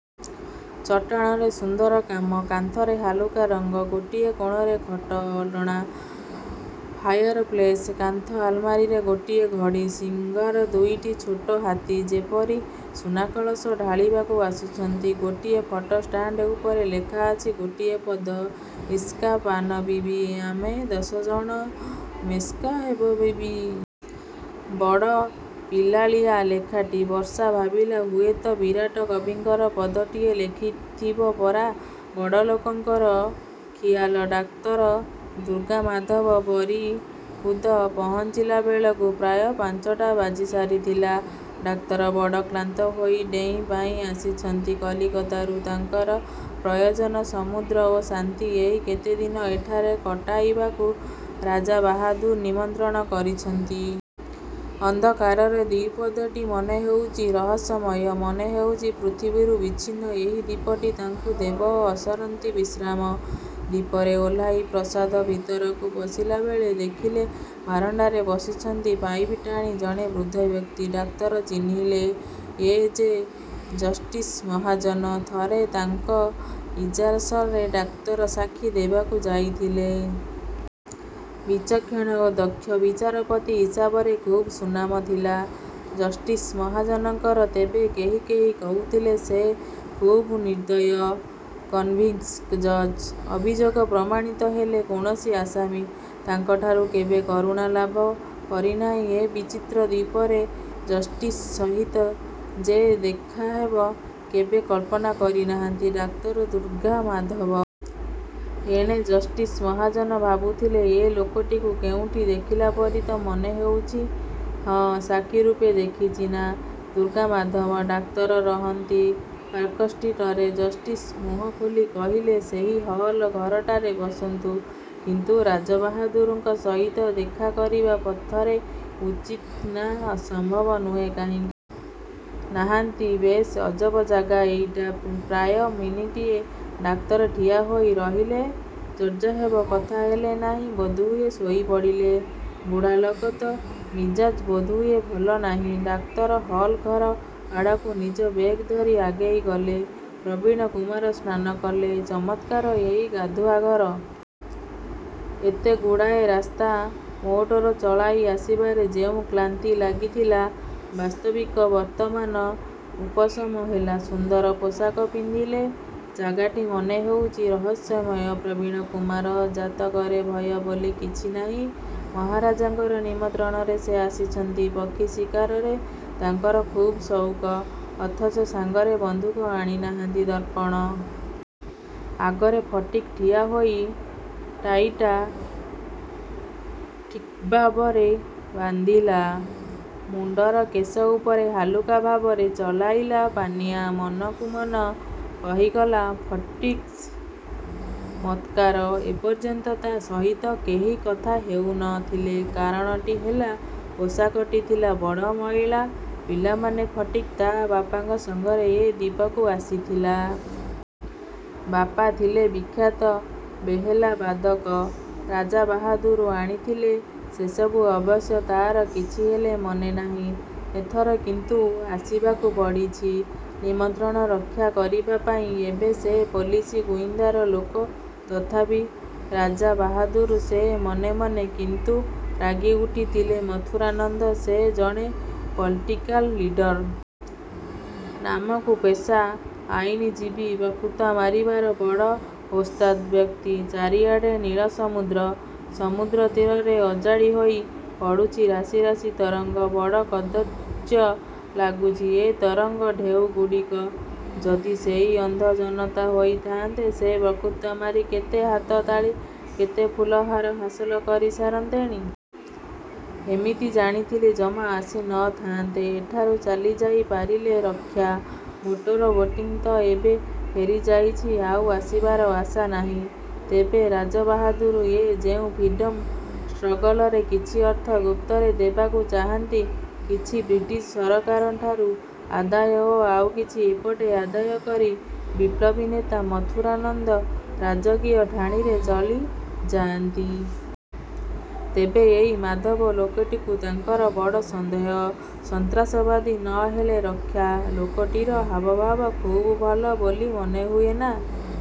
ଚଟାଣରେ ସୁନ୍ଦର କାମ। କାନ୍ଥରେ ହାଲୁକା ରଙ୍ଗ। ଗୋଟିଏ କୋଣରେ ଖଟ, ଆଲଣା, ଫାୟାରପ୍ଲେସ୍। କାନ୍ଥ ଆଲମାରିରେ ଗୋଟିଏ ଘଡ଼ି। ଶିଙ୍ଗର ଦୁଇଟି ଛୋଟ ହାତୀ, ଯେପରି ସୁନାକଳସ ଢାଳିବାକୁ ଆସୁଛନ୍ତି। ଗୋଟିଏ ଫଟୋ ଷ୍ଟାଣ୍ଡ ଉପରେ ଲେଖାଅଛି ଗୋଟିଏ ପଦ— ଇସ୍କା ପାନ ବିବି, ଆମେ ଦଶଜଣ ମେମ୍ସାହେବ ବିବି। ବଡ଼ ପିଲାଳିଆ ଲେଖାଟି। ବର୍ଷା ଭାବିଲା, ହୁଏତ ବିରାଟ କବିଙ୍କର ପଦଟିଏ ଲେଖାଥିବ ପରା! ବଡ଼ଲୋକଙ୍କର ଖିଆଲ! ଡାକ୍ତର ଦୁର୍ଗାମାଧବ ବରିକୁଦ ପହଞ୍ଚିଲାବେଳକୁ ପ୍ରାୟ ପାଞ୍ଚଟା ବାଜିସାରିଥିଲା। ଡାକ୍ତର ବଡ଼ କ୍ଳାନ୍ତ। ହୋଲିଡେଇଂ ପାଇଁ ଆସିଛନ୍ତି କଲିକତାରୁ। ତାଙ୍କର ପ୍ରୟୋଜନ ସମୁଦ୍ର ଓ ଶାନ୍ତି। ଏଇ କେତେଦିନ ଏଠାରେ କଟାଇବାକୁ ରାଜାବାହାଦୁର ନିମନ୍ତ୍ରଣ କରିଛନ୍ତି। ଅନ୍ଧକାରରେ ଦ୍ଵୀପଟି ମନେହେଉଛି ରହସ୍ୟମୟ। ମନେହେଉଛି ପୃଥିବୀରୁ ବିଚ୍ଛିନ୍ନ ଏହି ଦ୍ଵୀପଟି ତାଙ୍କୁ ଦେବ ଅସରନ୍ତି ବିଶ୍ରାମ। ଦ୍ଵୀପରେ ଓହ୍ଲାଇ ପ୍ରାସାଦ ଭିତରକୁ ପଶିଲାବେଳେ ଦେଖିଲେ ବାରଣ୍ଡାରେ ବସିଛନ୍ତି ପାଇପ୍ ଟାଣି ଜଣେ ବୃଦ୍ଧ ବ୍ୟକ୍ତି। ଡାକ୍ତର ଚିହ୍ନିଲେ, ଏ ଯେ ଜଷ୍ଟିସ୍ ମହାଜନ। ଥରେ ତାଙ୍କ ଇଜ୍ଲାସରେ ଡାକ୍ତର ସାକ୍ଷୀ ଦେବାକୁ ଯାଇଥିଲେ। ବିଚକ୍ଷଣ ଓ ଦକ୍ଷ ବିଚାରପତି ହିସାବରେ ଖୁବ୍ ସୁନାମ ଥିଲା ଜଷ୍ଟିସ୍ ମହାଜନଙ୍କର। ତେବେ କେହି କେହି କହୁଥିଲେ, ସେ ଖୁବ୍ ନିର୍ଦ୍ଦୟ କନଭିକ୍ଟିଂ ଜଜ୍। ଅଭିଯୋଗ ପ୍ରମାଣିତ ହେଲେ କୌଣସି ଆସାମୀ ତାଙ୍କଠାରୁ କେବେ କରୁଣା ଲାଭ କରିନାହିଁ। ଏ ବିଚିତ୍ର ଦ୍ଵୀପରେ ଜଷ୍ଟିସ୍ଙ୍କ ସହିତ ଯେ ଦେଖାହେବ, କେବେ କଳ୍ପନା କରିନାହାନ୍ତି ଡାକ୍ତର ଦୁର୍ଗାମାଧବ। ଏଣେ ଜଷ୍ଟିସ୍ ମହାଜନ ଭାବୁଥିଲେ, ଏ ଲୋକଟିକୁ କେଉଁଠି ଦେଖିଲାପରି ତ ମନେହେଉଛି! ହଁ, ସାକ୍ଷୀରୂପେ ଦେଖିଛି ନାଁ ଦୁର୍ଗାମାଧବ। ଡାକ୍ତର ରହନ୍ତି ପାର୍କଷ୍ଟ୍ରିଟରେ। ଜଷ୍ଟିସ୍ ମୁହଁ ଖୋଲି କହିଲେ ସେହି ହଲ୍ ଘରଟାରେ ବସନ୍ତୁ। କିନ୍ତୁ ରାଜାବାହାଦୁରଙ୍କ ସହିତ ଦେଖାକରିବା ପ୍ରଥମେ ଉଚିତ। ନା, ସମ୍ଭବ ନୁହେଁ। କାହିଁକି? ନାହାନ୍ତି। ବେଶ୍ ଅଜବ ଜାଗା ଏଇଟା! ପ୍ରାୟ ମିନିଟିଏ ଡାକ୍ତର ଠିଆହୋଇ ରହିଲେ। ଜଜ୍ସାହେବ କଥା ହେଲେ ନାହିଁ। ବୋଧହୁଏ ଶୋଇପଡ଼ିଲେ। ବୁଢ଼ାଲୋକ ତ, ମିଜାଜ୍ ବୋଧହୁଏ ଭଲ ନାହିଁ। ଡାକ୍ତର ହଲ୍ ଘର ଆଡ଼କୁ ନିଜ ବେଗ୍ ଧରି ଆଗେଇଗଲେ। ପ୍ରବୀଣକୁମାର ସ୍ନାନ କଲେ। ଚମତ୍କାର ଏଇ ଗାଧୁଆଘର। ଏତେଗୁଡ଼ାଏ ରାସ୍ତା ମୋଟର ଚଳାଇ ଆସିବାରେ ଯେଉଁ କ୍ଳାନ୍ତି ଲାଗିଥିଲା, ବାସ୍ତବିକ ବର୍ତ୍ତମାନ ଉପଶମ ହେଲା। ସୁନ୍ଦର ପୋଷାକ ପିନ୍ଧିଲେ। ଜାଗାଟି ମନେହେଉଛି ରହସ୍ୟମୟ। ପ୍ରବୀଣକୁମାରଙ୍କ ଜାତକରେ ଭୟ ବୋଲି କିଛି ନାହିଁ। ମହାରାଜାଙ୍କର ନିମନ୍ତ୍ରଣରେ ସେ ଆସିଛନ୍ତି। ପକ୍ଷୀଶିକାରରେ ତାଙ୍କର ଖୁବ୍ ସଉକ। ଅଥଚ ସାଙ୍ଗରେ ବନ୍ଧୁକ ଆଣିନାହାନ୍ତି। ଦର୍ପଣ ଆଗରେ ଫଟିକ୍ ଠିଆହୋଇ ଟାଈଟା ଠିକ୍ଭାବରେ ବାନ୍ଧିଲା। ମୁଣ୍ଡର କେଶ ଉପରେ ହାଲୁକା ଭାବରେ ଚଳାଇଲା ପାନିଆ। ମନକୁମନ କହିଗଲା ଫଟିକ୍ଚ ମତ୍କାର! ଏପର୍ଯ୍ୟନ୍ତ ତା’ ସହିତ କେହି କଥା ହେଉ ନ ଥିଲେ। କାରଣଟି ହେଲା, ପୋଷାକଟି ଥିଲା ବଡ଼ ମଇଳା। ପିଲାବେଳେ ଫଟିକ୍ ତା’ ବାପାଙ୍କ ସଙ୍ଗରେ ଏ ଦ୍ଵୀପକୁ ଆସିଥିଲା। ବାପା ଥିଲେ ବିଖ୍ୟାତ ବେହେଲାବାଦକ। ରାଜାବାହାଦୁର ଆଣିଥିଲେ। ସେସବୁ ଅବଶ୍ୟ ତା’ର କିଛିହେଲେ ମନେନାହିଁ। ଏଥର କିନ୍ତୁ ଆସିବାକୁ ପଡ଼ିଛି ନିମନ୍ତ୍ରଣ ରକ୍ଷାକରିବା ପାଇଁ, ଏବେ ସେ ପୋଲିସ ଗୁଇନ୍ଦାର ଲୋକ। ତଥାପି ରାଜାବାହାଦୁର ସେ। ମନେମନେ କିନ୍ତୁ ରାଗିଉଠିଥିଲେ ମଥୁରାନନ୍ଦ। ସେ ଜଣେ ପଲିଟିକାଲ ଲିଡର୍। ନାମକୁ ପେଶା ଆଇନଜୀବୀ। ବକ୍ତୃତା ମାରିବାକୁ ବଡ଼ ଓସ୍ତାଦ୍ ବ୍ୟକ୍ତି। ଚାରିଆଡ଼େ ନୀଳସମୁଦ୍ର। ସମୁଦ୍ରତୀରରେ ଅଜାଡ଼ି ହୋଇ ପଡ଼ୁଛି ରାଶି ରାଶି ତରଙ୍ଗ। ବଡ଼ କଦର୍ଯ୍ୟ ଲାଗୁଛି। ଏ ତରଙ୍ଗ ଢେଉଗୁଡ଼ିକ ଯଦି ସେଇ ଅନ୍ଧ ଜନତା ହୋଇଥାନ୍ତେ, ସେ ବକ୍ତୃତା ମାରି କେତେ ହାତତାଳି, କେତେ ଫୁଲହାର ହାସଲ କରିସାରନ୍ତେଣି! ଇମିତି ଜାଣିଥିଲେ ଜମା ଆସି ନ ଥାନ୍ତେ। ଏଠାରୁ ଚାଲିଯାଇପାରିଲେ ରକ୍ଷା। ମୋଟର ବୋଟ୍ଟି ତ ଏବେ ଫେରିଯାଇଛି, ଆଉ ଆସିବାର ଆଶା ନାହିଁ। ତେବେ ରାଜାବାହାଦୁର ଏ ଯେଉଁ ଫ୍ରିଡମ୍ ଷ୍ଟ୍ରଗଲରେ କିଛି ଅର୍ଥ ଗୁପ୍ତରେ ଦେବାକୁ ଚାହାନ୍ତି। କିଛି ବ୍ରିଟିଶ ସରକାରଠାରୁ ଆଦାୟ ଓ ଆଉକିଛି ଏପଟେ ଆଦାୟ କରି ବିପ୍ଳବୀନେତା ମଥୁରାନନ୍ଦ ରାଜକୀୟ ଠାଣିରେ ଚଳିଯାଆନ୍ତି। ତେବେ ଏଇ ମାଧବ ଲୋକଟିକୁ ତାଙ୍କର ବଡ଼ ସନ୍ଦେହ। ସନ୍ତ୍ରାସବାଦୀ ନ ହେଲେ ରକ୍ଷା। ଲୋକଟିର ହାବଭାବ ଖୁବ୍ ଭଲ ବୋଲି ମନେହୁଏ ନା।